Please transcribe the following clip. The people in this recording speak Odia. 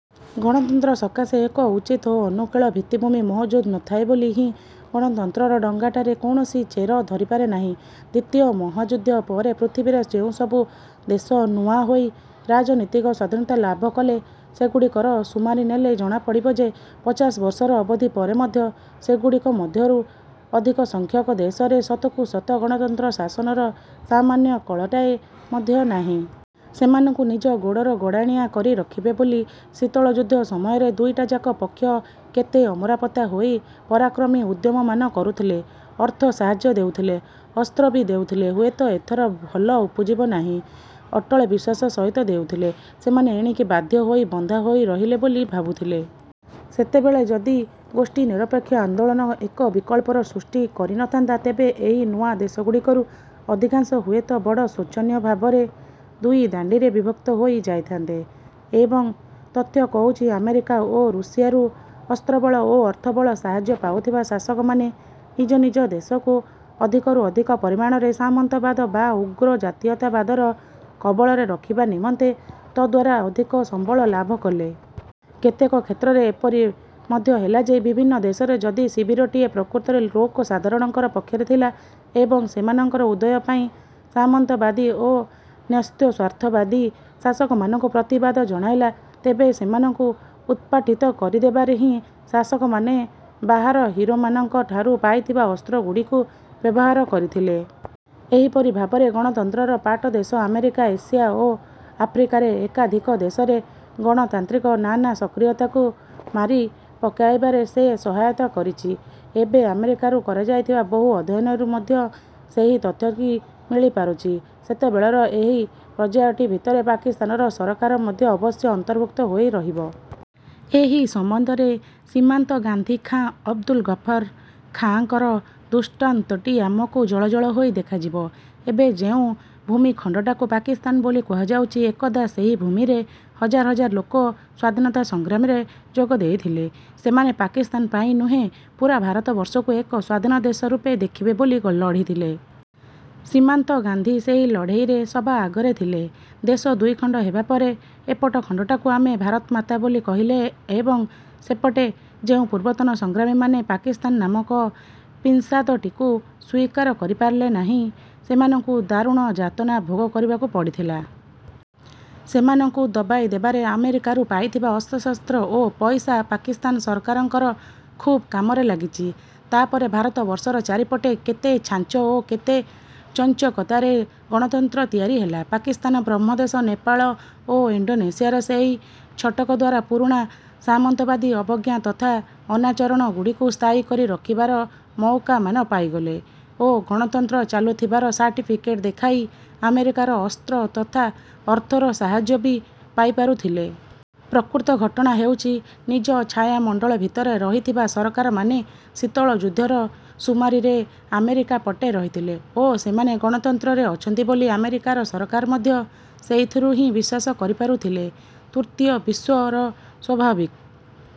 ଗଣତନ୍ତ୍ର ସକାଶେ ଏକ ଉଚିତ ଓ ଅନୁକୂଳ ଭିତ୍ତିଭୂମି ମହଜୁଦ ନଥାଏ ବୋଲି ହିଁ ଗଣତନ୍ତ୍ରର ଡ଼ଙ୍ଗାଟାରେ କୌଣସି ଚେର ଧରିପାରେ ନାହିଁ। ଦ୍ଵିତୀୟ ମହାଯୁଦ୍ଧ ପରେ ପୃଥିବୀରେ ଯେଉଁସବୁ ଦେଶ ନୂଆଁ ହୋଇ ରାଜନୀତିକ ସ୍ଵାଧୀନତା ଲାଭ କଲେ ସେଗୁଡ଼ିକର ସୁମାରି ନେଲେ ଜଣାପଡ଼ିବ ଯେ, ପଚାଶ ବର୍ଷର ଅବଧି ପରେ ମଧ୍ୟ ସେଗୁଡ଼ିକ ମଧ୍ୟରୁ ଅଧିକସଂଖ୍ୟକ ଦେଶରେ ସତକୁ ସତ ଗଣତନ୍ତ୍ର ଶାସନର ସାମାନ୍ୟ କଳଟାଏ ମଧ୍ୟ ନାହିଁ। ସେମାନଙ୍କୁ ନିଜ ନିଜର ଗୋଡ଼ାଣିଆ କରି ରଖିବେ ବୋଲି ଶୀତଳଯୁଦ୍ଧ ସମୟରେ ଦୁଇଟାଯାକ ପକ୍ଷ କେତେ ଅମରମତା ହୋଇ ପରାକ୍ରମୀ ଉଦ୍ୟମମାନ କରୁଥିଲେ ଅର୍ଥ ସାହାଯ୍ୟ ଦେଉଥଲେ, ଅସ୍ତ୍ର ବି ଦେଉଥିଲେ। ହୁଏତ ଏଥର ଭଲ ଉପୁଜିବ ନାହିଁ ଅଟଳ ବିଶ୍ୱାସ ସହିତ ଦେଉଥିଲେ। ସେମାନେ ଏଣିକି ବାଧ୍ୟ ହୋଇ ବନ୍ଧା ହୋଇରହିଲେ ବୋଲି ଭାବୁଥିଲେ। ସେତେବେଳେ ଯଦି ଗୋଷ୍ଠୀନିରପେକ୍ଷ ଆନ୍ଦୋଳନ ଏକ ବିକଳ୍ପର ସୃଷ୍ଟି କରିନଥାନ୍ତା ତେବେ ଏହି ନୂଆ ଦେଶଗୁଡ଼ିକରୁ ଅଧିକାଂଶ ହୁଏତ ବଡ଼ ଶୋଚନୀୟ ଭାବରେ ଦୁଇ ଦାଣ୍ଡିରେ ବିଭକ୍ତ ହୋଇ ଯାଇଥାନ୍ତେ। ଏବଂ ତଥ୍ୟ କହୁଛି ଆମେରିକା ଓ ରୁଷିଆରୁ ଅସ୍ତ୍ରବଳ ଓ ଅର୍ଥବଳ ସାହାଯ୍ୟ ପାଉଥିବା ଶାସକମାନେ ନିଜ ନିଜ ଦେଶକୁ ଅଧିକରୁ ଅଧିକ ପରିମାଣରେ ସାମନ୍ତବାଦ ବା ଉଗ୍ର ଜାତୀୟତାବାଦର କବଳରେ ରଖିବା ନିମନ୍ତେ ତଦ୍ୱାରା ଅଧିକ ସମ୍ବଳ ଲାଭ କଲେ। କେତେକ କ୍ଷେତ୍ରରେ ଏପରି ମଧ୍ୟ ହେଲା ଯେ ବିଭିନ୍ନ ଦେଶରେ ଯଦି ଶିବିରଟିଏ ପ୍ରକୃତରେ ଲୋକସାଧାରଣଙ୍କର ପକ୍ଷରେ ଥିଲା ଏବଂ ସେମାନଙ୍କର ଉଦୟ ପାଇଁ ସାମନ୍ତବାଦୀ ଓ ନ୍ୟସ୍ତସ୍ୱାର୍ଥବାଦୀ ଶାସକମାନଙ୍କୁ ପ୍ରତିବାଦ ଜଣାଇଲା, ତେବେ ସେମାନଙ୍କୁ ଉତ୍ପାଟିତ କରିଦେବାରେ ହିଁ ଶାସକମାନେ ବାହାର ହିରୋମାନଙ୍କଠାରୁ ପାଇଥିବା ଅସ୍ତ୍ରଗୁଡ଼ିକୁ ବ୍ୟବହାର କରିଥିଲେ। ଏହିପରି ଭାବରେ ଗଣତନ୍ତ୍ରର ପାଟଦେଶ ଆମେରିକା, ଏସିଆ ଓ ଆଫ୍ରିକାରେ ଏକାଧିକ ଦେଶରେ ଗଣତାନ୍ତ୍ରିକ ନାନା ସକ୍ରିୟତାକୁ ମାରି ପକାଇବାରେ ଯେ ସହାୟତା କରିଛି, ଏବେ ଆମରିକାରୁ କରାଯାଇଥିବା ବହୁ ଅଧ୍ୟୟନରୁ ମଧ୍ୟ ସେହି ତଥ୍ୟଟି ମିଳିପାରୁଛି। ସେତେବେଳର ଏହି ପର୍ଯ୍ୟାୟଟି ଭିତରେ ପାକିସ୍ତାନର ସରକାର ମଧ୍ୟ ଅବଶ୍ୟ ଅନ୍ତର୍ଭୁକ୍ତ ହୋଇ ରହିବ। ଏହି ସମ୍ବନ୍ଧରେ ସୀମାନ୍ତ ଗାନ୍ଧୀ ଖାଁ ଅବ୍ଦୁଲ ଗଫର ଖାଁଙ୍କର ଦୃଷ୍ଟାନ୍ତଟି ଆମକୁ ଜଳଜଳ ହୋଇ ଦେଖାଯିବ। ଏବେ ଯେଉଁ ଭୂମିଖଣ୍ଡଟାକୁ ପାକିସ୍ତାନ ବୋଲି କୁହାଯାଉଛି, ଏକଦା ସେହି ଭୂମିରେ ହଜାର ହଜାର ଲୋକ ସ୍ୱାଧୀନତା ସଂଗ୍ରାମରେ ଯୋଗ ଦେଇଥିଲେ। ସେମାନେ ପାକିସ୍ତାନ ପାଇଁ ନୁହେଁ ପୂରା ଭାରତବର୍ଷକୁ ଏକ ସ୍ଵାଧୀନ ଦେଶ ରୂପେ ଦେଖିବେ ବୋଲି ଲଢ଼ିଥିଲେ। ସୀମାନ୍ତ ଗାନ୍ଧୀ ସେହି ଲଢ଼ାଇରେ ସବା ଆଗରେ ଥିଲେ। ଦେଶ ଦୁଇଖଣ୍ଡ ହେବାପରେ ଏପଟ ଖଣ୍ଡଟାକୁ ଆମେ ଭାରତମାତା ବୋଲି କହିଲେ ଏବଂ ସେପଟେ ଯେଉଁ ପୂର୍ବତନ ସଂଗ୍ରାମୀମାନେ ପାକିସ୍ତାନ ନାମକ ପିଂସାଦଟିକୁ ସ୍ୱୀକାର କରିପାରିଲେ ନାହିଁ, ସେମାନଙ୍କୁ ଦାରୁଣ ଯାତନା ଭୋଗ କରିବାକୁ ପଡ଼ିଥିଲା। ସେମାନଙ୍କୁ ଦବାଇ ଦେବାରେ ଆମେରିକାରୁ ପାଇଥିବା ଅସ୍ତ୍ରଶସ୍ତ୍ର ଓ ପଇସା ପାକିସ୍ତାନ ସରକାରଙ୍କର ଖୁବ୍ କାମରେ ଲାଗିଛି। ତା'ପରେ ଭାରତବର୍ଷର ଚାରିପଟେ କେତେ ଛାଞ୍ଚ ଓ କେତେ ଚଞ୍ଚକତାରେ ଗଣତନ୍ତ୍ର ତିଆରି ହେଲା। ପାକିସ୍ତାନ ବ୍ରହ୍ମଦେଶ, ନେପାଳ ଓ ଇଣ୍ଡୋନେସିଆ ସେହି ଛଟକ ଦ୍ଵାରା ପୁରୁଣା ସାମନ୍ତବାଦୀ ଅବଜ୍ଞା ତଥା ଅନାଚରଣ ଗୁଡ଼ିକୁ ସ୍ଥାୟୀକରି ରଖିବାର ମଉକାମାନ ପାଇଗଲେ ଓ ଗଣତନ୍ତ୍ର ଚାଲୁଥିବାର ସାର୍ଟିଫିକେଟ ଦେଖାଇ ଆମେରିକାର ଅସ୍ତ୍ର ତଥା ଅର୍ଥର ସାହାଯ୍ୟ ବି ପାଇପାରୁଥିଲେ। ପ୍ରକୃତ ଘଟଣା ହେଉଛି, ନିଜ ଛାୟାମଣ୍ଡଳ ଭିତରେ ରହିଥିବା ସରକାରମାନେ ଶୀତଳ ଯୁଦ୍ଧର ସୁମାରିରେ ଆମେରିକା ପଟେ ରହିଥିଲେ ଓ ସେମାନେ ଗଣତନ୍ତ୍ରରେ ଅଛନ୍ତି ବୋଲି ଆମେରିକାର ସରକାର ମଧ୍ୟ ସେଇଥିରୁ ହିଁ ବିଶ୍ୱାସ କରିପାରୁଥିଲେ। ତୃତୀୟ ବିଶ୍ଵର ସ୍ୱାଭାବିକ ।